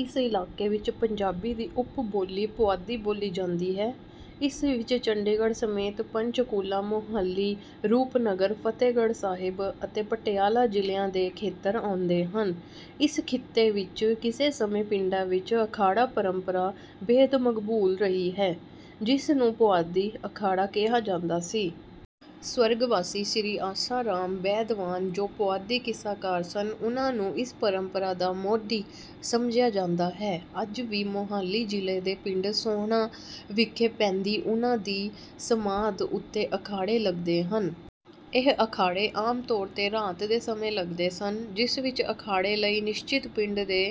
ਇਸ ਇਲਾਕੇ ਵਿੱਚ ਪੰਜਾਬੀ ਦੀ ਉੱਪ ਬੋਲੀ ਪੁਆਧੀ ਬੋਲੀ ਜਾਂਦੀ ਹੈ। ਇਸ ਵਿੱਚ ਚੰਡੀਗੜ੍ਹ ਸਮੇਤ ਪੰਚਕੁਲਾ ਮੋਹਾਲੀ ਰੂਪਨਗਰ ਫਤਿਹਗੜ੍ਹ ਸਾਹਿਬ ਅਤੇ ਪਟਿਆਲਾ ਜ਼ਿਲ੍ਹਿਆਂ ਦੇ ਖੇਤਰ ਆਉਂਦੇ ਹਨ। ਇਸ ਖਿੱਤੇ ਵਿੱਚ ਕਿਸੇ ਸਮੇਂ ਪਿੰਡਾਂ ਵਿੱਚ ਅਖਾੜਾ ਪਰੰਪਰਾ ਬੇਹੱਦ ਮਕਬੂਲ ਰਹੀ ਹੈ ਜਿਸਨੂੰ ਪੁਆਧੀ ਅਖਾੜਾ ਕਿਹਾ ਜਾਂਦਾ ਸੀ। ਸਵਰਗਵਾਸੀ ਸ੍ਰੀ ਆਸਾ ਰਾਮ ਬੈਦਵਾਣ ਜੋ ਪੁਆਧੀ ਕਿੱਸਾਕਾਰ ਸਨ ਉਨ੍ਹਾਂ ਨੂੰ ਇਸ ਪਰੰਪਰਾ ਦਾ ਮੋਢੀ ਸਮਝਿਆ ਜਾਂਦਾ ਹੈ। ਅੱਜ ਵੀ ਮੋਹਾਲੀ ਜ਼ਿਲ੍ਹੇ ਦੇ ਪਿੰਡ ਸੋਹਣਾ ਵਿਖੇ ਪੈਂਦੀ ਉਨ੍ਹਾਂ ਦੀ ਸਮਾਧ ਉੱਤੇ ਅਖਾੜੇ ਲਗਦੇ ਹਨ। ਇਹ ਅਖਾੜੇ ਆਮ ਤੌਰ ਤੇ ਰਾਤ ਦੇ ਸਮੇਂ ਲਗਦੇ ਸਨ ਜਿਸ ਵਿੱਚ ਅਖਾੜੇ ਲਈ ਨਿਸ਼ਚਿਤ ਪਿੰਡ ਦੇ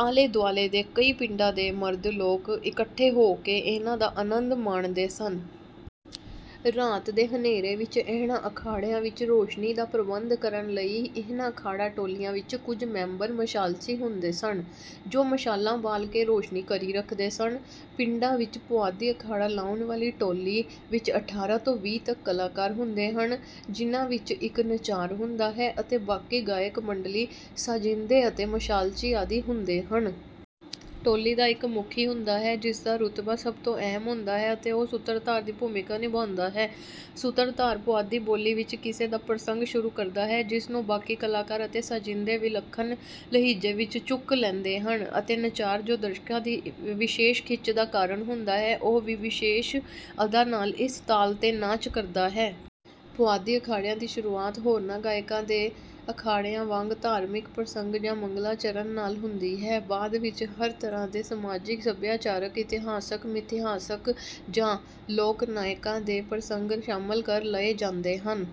ਆਲੇ ਦੁਆਲੇ ਦੇ ਕਈ ਪਿੰਡਾਂ ਦੇ ਮਰਦ ਲੋਕ ਇਕੱਠੇ ਹੋ ਕੇ ਇਹਨਾਂ ਦਾ ਆਨੰਦ ਮਾਣਦੇ ਸਨ। ਰਾਤ ਦੇ ਹਨੇਰੇ ਵਿੱਚ ਇਹਨਾਂ ਅਖਾੜਿਆਂ ਵਿੱਚ ਰੌਸ਼ਨੀ ਦਾ ਪ੍ਰਬੰਧ ਕਰਨ ਲਈ ਇਹਨਾਂ ਅਖਾੜਾ ਟੋਲੀਆਂ ਵਿੱਚ ਕੁਝ ਮੈਂਬਰ ਮਸ਼ਾਲਚੀ ਹੁੰਦੇ ਸਨ ਜੋ ਮਸ਼ਾਲਾਂ ਬਾਲ ਕੇ ਰੌਸ਼ਨੀ ਕਰੀ ਰੱਖਦੇ ਸਨ। ਪਿੰਡਾਂ ਵਿੱਚ ਪੁਆਧੀ ਅਖਾੜਾ ਲਾਉਣ ਵਾਲੀ ਟੋਲੀ ਵਿੱਚ ਅਠਾਰਾਂ ਤੋਂ ਵੀਹ ਤੱਕ ਕਲਾਕਾਰ ਹੁੰਦੇ ਹਨ ਜਿਨ੍ਹਾਂ ਵਿੱਚ ਇੱਕ ਨਚਾਰ ਹੁੰਦਾ ਹੈ ਅਤੇ ਬਾਕੀ ਗਾਇਕ ਮੰਡਲੀ ਸਾਜ਼ਿੰਦੇ ਅਤੇ ਮਸ਼ਾਲਚੀ ਆਦਿ ਹੁੰਦੇ ਹਨ। ਟੋਲੀ ਦਾ ਇੱਕ ਮੁਖੀ ਹੁੰਦਾ ਹੈ ਜਿਸ ਦਾ ਰੁਤਬਾ ਸਭ ਤੋਂ ਅਹਿਮ ਹੁੰਦਾ ਹੈ ਅਤੇ ਉਹ ਸੂਤਰਧਾਰ ਦੀ ਭੂਮਿਕਾ ਨਿਭਾਉਂਦਾ ਹੈ। ਸੂਤਰਧਾਰ ਪੁਆਧੀ ਬੋਲੀ ਵਿੱਚ ਕਿੱਸੇ ਦਾ ਪ੍ਰਸੰਗ ਸ਼ੁਰੂ ਕਰਦਾ ਹੈ ਜਿਸਨੂੰ ਬਾਕੀ ਕਲਾਕਾਰ ਅਤੇ ਸਾਜ਼ਿੰਦੇ ਵਿਲੱਖਣ ਲਹਿਜੇ ਵਿੱਚ ਚੁੱਕ ਲੈਂਦੇ ਹਨ ਅਤੇ ਨਚਾਰ ਜੋ ਦਰਸ਼ਕਾਂ ਦੀ ਵਿਸ਼ੇਸ਼ ਖਿੱਚ ਦਾ ਕਾਰਨ ਹੁੰਦਾ ਹੈ ਉਹ ਵੀ ਵਿਸ਼ੇਸ਼ ਅਦਾ ਨਾਲ ਇਸ ਤਾਲ ਤੇ ਨਾਚ ਕਰਦਾ ਹੈ। ਪੁਆਧੀ ਅਖਾੜਿਆਂ ਦੀ ਸ਼ੁਰੂਆਤ ਹੋਰਨਾਂ ਗਾਇਕੀ ਦੇ ਅਖਾੜਿਆਂ ਵਾਂਗ ਧਾਰਮਿਕ ਪ੍ਰਸੰਗ ਜਾਂ ਮੰਗਲਾਚਰਣ ਨਾਲ ਹੁੰਦੀ ਹੈ। ਬਾਅਦ ਵਿੱਚ ਹਰ ਤਰ੍ਹਾਂ ਦੇ ਸਮਾਜਿਕ ਸਭਿਆਚਾਰਕ ਇਤਿਹਾਸਕ ਮਿਥਿਹਾਸਕ ਜਾਂ ਲੋਕ ਨਾਇਕਾਂ ਦੇ ਪ੍ਰਸੰਗ ਸ਼ਾਮਲ ਕਰ ਲਏ ਜਾਂਦੇ ਹਨ।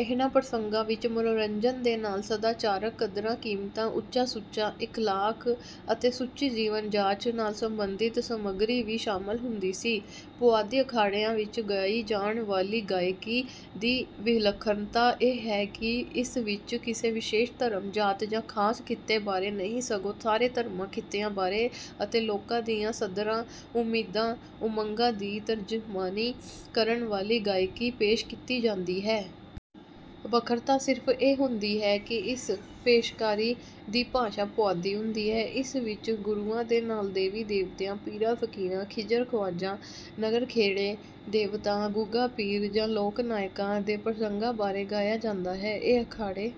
ਇਹਨਾਂ ਪ੍ਰਸੰਗਾਂ ਵਿੱਚ ਮਨੋਰੰਜਨ ਦੇ ਨਾਲ ਸਦਾਚਾਰਕ ਕਦਰਾਂ ਕੀਮਤਾਂ ਉੱਚਾ ਸੁੱਚਾ ਇਖਲਾਕ ਅਤੇ ਸੁੱਚੀ ਜੀਵਨ ਜਾਚ ਨਾਲ ਸੰਬੰਧਿਤ ਸਮੱਗਰੀ ਵੀ ਸ਼ਾਮਲ ਹੁੰਦੀ ਸੀ। ਪੁਆਧੀ ਅਖਾੜਿਆਂ ਵਿੱਚ ਗਾਈ ਜਾਣ ਵਾਲੀ ਗਾਇਕੀ ਦੀ ਵਿਲੱਖਣਤਾ ਇਹ ਹੈ ਕਿ ਇਸ ਵਿੱਚ ਕਿਸੇ ਵਿਸ਼ੇਸ਼ ਧਰਮ ਜਾਤ ਜਾਂ ਖਾਸ ਖਿੱਤੇ ਬਾਰੇ ਨਹੀਂ ਸਗੋਂ ਸਾਰੇ ਧਰਮਾਂ ਖਿੱਤਿਆਂ ਬਾਰੇ ਅਤੇ ਲੋਕਾਂ ਦੀਆਂ ਸੱਧਰਾਂ ਉਮੀਦਾਂ ਉਮੰਗਾਂ ਦੀ ਤਰਜਮਾਨੀ ਕਰਨ ਵਾਲੀ ਗਾਇਕੀ ਪੇਸ਼ ਕੀਤੀ ਜਾਂਦੀ ਹੈ। ਵੱਖਰਤਾ ਸਿਰਫ ਇਹ ਹੁੰਦੀ ਹੈ ਕਿ ਇਸ ਪੇਸ਼ਕਾਰੀ ਦੀ ਭਾਸ਼ਾ ਪੁਆਧੀ ਹੁੰਦੀ ਹੈ। ਇਸ ਵਿੱਚ ਗੁਰੂਆਂ ਦੇ ਨਾਲ ਦੇਵੀ ਦੇਵਤਿਆਂ ਪੀਰਾਂ ਫਕੀਰਾਂ ਖਿਜ਼ਰ ਖਵਾਜਾ ਨਗਰ ਖੇੜੇ ਦੇਵਤਾ ਗੁੱਗਾ ਪੀਰ ਜਾਂ ਲੋਕ ਨਾਇਕਾਂ ਦੇ ਪ੍ਰਸੰਗਾਂ ਬਾਰੇ ਗਾਇਆ ਜਾਂਦਾ ਹੈ। ਇਹ ਅਖਾੜੇ